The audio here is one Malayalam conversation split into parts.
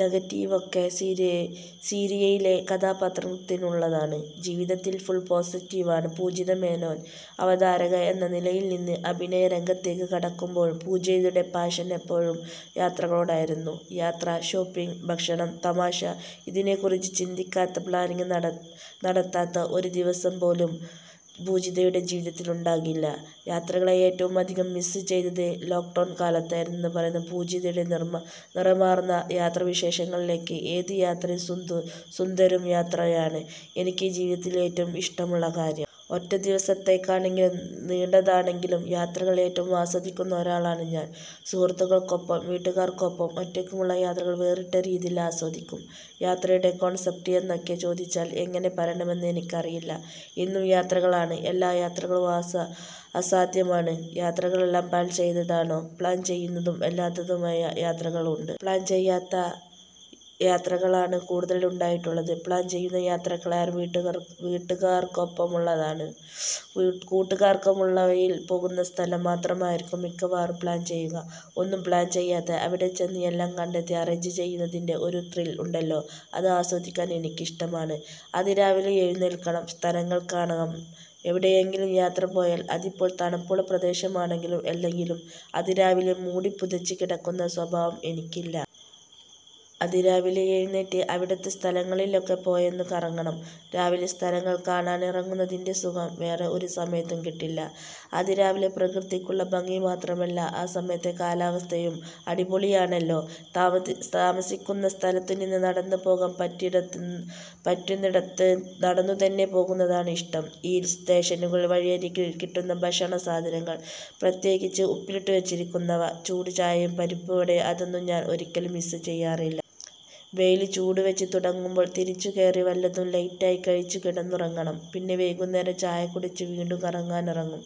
നെഗറ്റീവൊക്കെ സീരിയലിലെ കഥാപാത്രത്തിനുള്ളതാണ്. ജീവിതത്തിൽ ഫുൾ പോസിറ്റീവാണ് പൂജിത മേനോൻ. അവതാരക എന്ന നിലയിൽനിന്ന് അഭിനയരംഗത്തേക്കു കടക്കുമ്പോഴും പൂജിതയുടെ പാഷൻ എപ്പോഴും യാത്രകളോടായിരുന്നു. യാത്ര, ഷോപ്പിങ്, ഭക്ഷണം, തമാശ ഇതിനെക്കുറിച്ച് ചിന്തിക്കാത്ത, പ്ലാനിങ് നടത്താത്ത ഒരു ദിവസം പോലും പൂജിതയുടെ ജീവിതത്തിലുണ്ടാകില്ല. യാത്രകളെ ഏറ്റവുമധികം മിസ്സ് ചെയ്തത് ലോക്ഡൗൺ കാലത്തായിരുന്നു എന്നുപറയുന്ന പൂജിതയുടെ, നിറമാർന്ന യാത്രാവിശേഷങ്ങളിലേക്ക് ഏതു യാത്രയും സുന്ദരം യാത്രയാണ് എനിക്ക് ജീവിതത്തിൽ ഏറ്റവും ഇഷ്ടമുള്ള കാര്യം. ഒറ്റ ദിവസത്തേക്കാണെങ്കിലും നീണ്ടതാണെങ്കിലും യാത്രകൾ ഏറ്റവും ആസ്വദിക്കുന്ന ഒരാളാണ് ഞാൻ. സുഹൃത്തുക്കൾക്കൊപ്പവും വീട്ടുകാർക്കൊപ്പവും ഒറ്റയ്ക്കുമുള്ള യാത്രകൾ വേറിട്ട രീതിയിൽ ആസ്വദിക്കും. യാത്രയുടെ കോൺസപ്റ്റ് എന്നൊക്കെ ചോദിച്ചാൽ എങ്ങനെ പറയണമെന്ന് എനിക്ക് അറിയില്ല. എന്നും യാത്രകളാണ്, എല്ലാ യാത്രകളും ആസ്വാദ്യമാണ്. യാത്രകളെല്ലാം പ്ലാൻ ചെയ്താണോ? പ്ലാൻ ചെയ്യുന്നതും അല്ലാത്തതുമായ യാത്രകളുണ്ട്. പ്ലാൻ ചെയ്യാത്ത യാത്രകളാണ് കൂടുതലും ഉണ്ടായിട്ടുള്ളത്. പ്ലാൻ ചെയ്യുന്ന യാത്രകളേറെയും വീട്ടുകാർക്കൊപ്പമുള്ളതാണ്. കൂട്ടുകാർക്കൊപ്പമുള്ളവയിൽ പോകുന്ന സ്ഥലം മാത്രമായിരിക്കും മിക്കവാറും പ്ലാൻ ചെയ്യുക. ഒന്നും പ്ലാൻ ചെയ്യാതെ അവിടെച്ചെന്ന് എല്ലാം കണ്ടെത്തി അറേഞ്ച് ചെയ്യുന്നതിന്റെ ഒരു ത്രിൽ ഉണ്ടല്ലോ അത് ആസ്വദിക്കാൻ എനിക്കിഷ്ടമാണ്. അതിരാവിലെ എഴുന്നേൽക്കണം, സ്ഥലങ്ങൾ കാണണം എവിടെയെങ്കിലും യാത്ര പോയാൽ, അതിപ്പോൾ തണുപ്പുള്ള പ്രദേശമാണെങ്കിലും അല്ലെങ്കിലും അതിരാവിലെ മൂടിപ്പുതച്ച് കിടക്കുന്ന സ്വഭാവം എനിക്കില്ല. അതിരാവിലെ എഴുന്നേറ്റ് അവിടുത്തെ സ്ഥലങ്ങളിലൊക്കെ പോയൊന്ന് കറങ്ങണം. രാവിലെ സ്ഥലങ്ങൾ കാണാനിറങ്ങുന്നതിന്റെ സുഖം വേറേ ഒരു സമയത്തും കിട്ടില്ല. അതിരാവിലെ പ്രകൃതിക്കുള്ള ഭംഗി മാത്രമല്ല, ആ സമയത്തെ കാലാവസ്ഥയും അടിപൊളിയാണല്ലോ. താമസിക്കുന്ന സ്ഥലത്തുനിന്ന് നടന്നു പോകാൻ പറ്റുന്നിടത്ത് നടന്നു തന്നെ പോകുന്നതാണ് ഇഷ്ടം. ഹിൽ സ്റ്റേഷനുകളിൽ വഴിയരികിൽ കിട്ടുന്ന ഭക്ഷണസാധനങ്ങൾ, പ്രത്യേകിച്ച് ഉപ്പിലിട്ടു വച്ചിരിക്കുന്നവ, ചൂട് ചായയും പരിപ്പുവടയും അതൊന്നും ഞാൻ ഒരിക്കലും മിസ് ചെയ്യാറില്ല. വെയിലിന് ചൂട് വച്ചു തുടങ്ങുമ്പോൾ തിരിച്ചു കയറി വല്ലതും ലൈറ്റായി കഴിച്ച് കിടന്നുറങ്ങണം. പിന്നെ വൈകുന്നേരം ചായ കുടിച്ചിട്ട് വീണ്ടും കറങ്ങാൻ ഇറങ്ങും.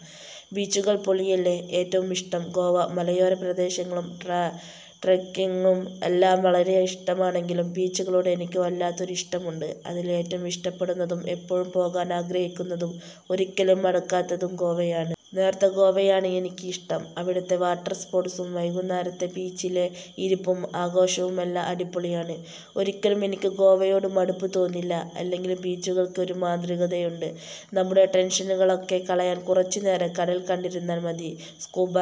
ബീച്ചുകൾ പൊളിയല്ലേ! ഏറ്റവും ഇഷ്ടം ഗോവ മലയോര പ്രദേശങ്ങളും ട്രെക്കിങ്ങും എല്ലാം വളരെയിഷ്ടമാണെങ്കിലും ബീച്ചുകളോട് എനിക്ക് വല്ലാത്തൊരു ഇഷ്ടമുണ്ട്. അതിൽ ഏറ്റവും ഇഷ്ടപ്പെടുന്നതും എപ്പോഴും പോകാൻ ആഗ്രഹിക്കുന്നതും ഒരിക്കലും മടുക്കാത്തതും ഗോവയാണ്. നോർത്ത് ഗോവയാണ് ഏറ്റവും ഇഷ്ടം. അവിടുത്തെ വാട്ടർ സ്പോട്സും വൈകുന്നേരത്തെ ബീച്ചിലെ ഇരിപ്പും ആഘോഷവുമെല്ലാം അടിപൊളിയാണ്. ഒരിക്കലും എനിക്ക് ഗോവയോടു മടുപ്പ് തോന്നില്ല. അല്ലെങ്കിലും ബീച്ചുകൾക്ക് ഒരു മാന്ത്രികതയുണ്ട്. നമ്മുടെ ടെൻഷനുകളൊക്കെ കളയാൻ കുറച്ചു നേരം കടൽ കണ്ടിരുന്നാൽ മതി. സ്കൂബ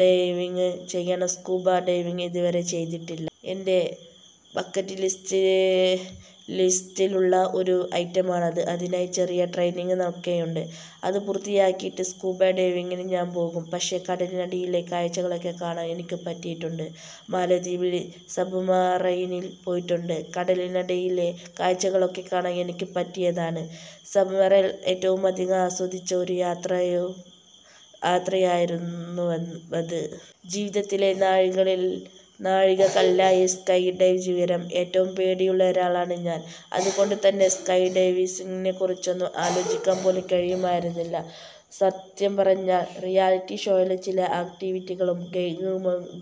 ഡൈവിങ് ചെയ്യണം സ്കൂബ ഡൈവിങ് ഇതുവരെ ചെയ്തിട്ടി എന്റെ ബക്കറ്റ് ലിസ്റ്റിലുള്ള ഒരു ഐറ്റമാണത്. അതിനായി ചെറിയ ട്രെയ്നിങ് ഒക്കെയുണ്ട്. അതു പൂർത്തിയാക്കിയിട്ട് സ്കൂബ ഡൈവിങ്ങിനു ഞാൻ പോകും. പക്ഷേ കടലിനടിയിലെ കാഴ്ചകളൊക്കെ കാണാൻ എനിക്ക് പറ്റിയിട്ടുണ്ട്. മാലദ്വീപിൽ സബ്മറൈനിൽ പോയിട്ടുണ്ട്. കടലിനടിയിലെ കാഴ്ചകളൊക്കെ കാണാൻ ഏറ്റവും പറ്റിയതാണ് സബ്മറൈൻ. ഏറ്റവുമധികം ആസ്വദിച്ച ഒരു യാത്രയായിരുന്നുവ അത്. ജീവിതത്തിലെ നാഴികക്കല്ലായി സ്കൈ ഡൈവ് ഉയരം ഏറ്റവും പേടിയുള്ള ഒരാളാണ് ഞാൻ അതുകൊണ്ടുതന്നെ സ്കൈ ഡൈവിങ്ങിനെക്കുറിച്ചൊന്നും ആലോചിക്കാൻ പോലും കഴിയുമായിരുന്നില്ല. സത്യം പറഞ്ഞാൽ റിയാലിറ്റി ഷോയിലെ ചില ആക്ടിവിറ്റികളും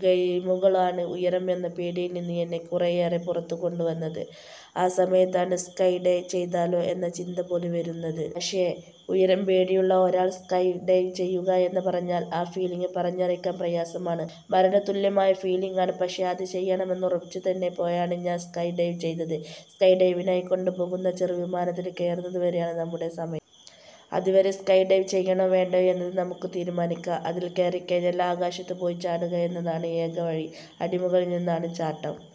ഗെയിമുകളുമാണ് ഉയരം എന്ന പേടിയിൽനിന്ന് എന്നെ കുറേയൊക്കെ പുറത്തു കൊണ്ടുവന്നത്. ആ സമയത്താണ് സ്കൈ ഡൈ ചെയ്താലോ എന്ന ചിന്ത പോലും വരുന്നത്. പക്ഷേ ഉയരം പേടിയുള്ള ഒരാൾ സ്കൈ ഡൈവ് ചെയ്യുക എന്ന പറഞ്ഞാൽ ആ ഫീലിങ് പറഞ്ഞറിയിക്കാൻ പ്രയാസമാണ്. മരണതുല്യമായ ഫീലീങ് ആണ്. പക്ഷേ അത് ചെയ്യണമെന്നുറച്ചു തന്നെ പോയാണ് ഞാൻ സ്കൈ ഡൈവ് ചെയ്തത്. സ്കൈ ഡൈവിനായി കൊണ്ടു പോകുന്ന ചെറുവിമാനത്തിൽ കയറുന്നതു വരെയാണ് നമ്മുടെ സമയം. അതുവരെ സ്കൈ ഡൈവ് ചെയ്യണോ വേണ്ടയോ എന്നത് നമുക്കു തീരുമാനിക്കാം. അതിൽ കയറിക്കഴിഞ്ഞാൽ ആകാശത്തു പോയി ചാടുക എന്നതാണ് ഏക വഴി. അടി മുകളിൽ നിന്നാണ് ചാട്ടം.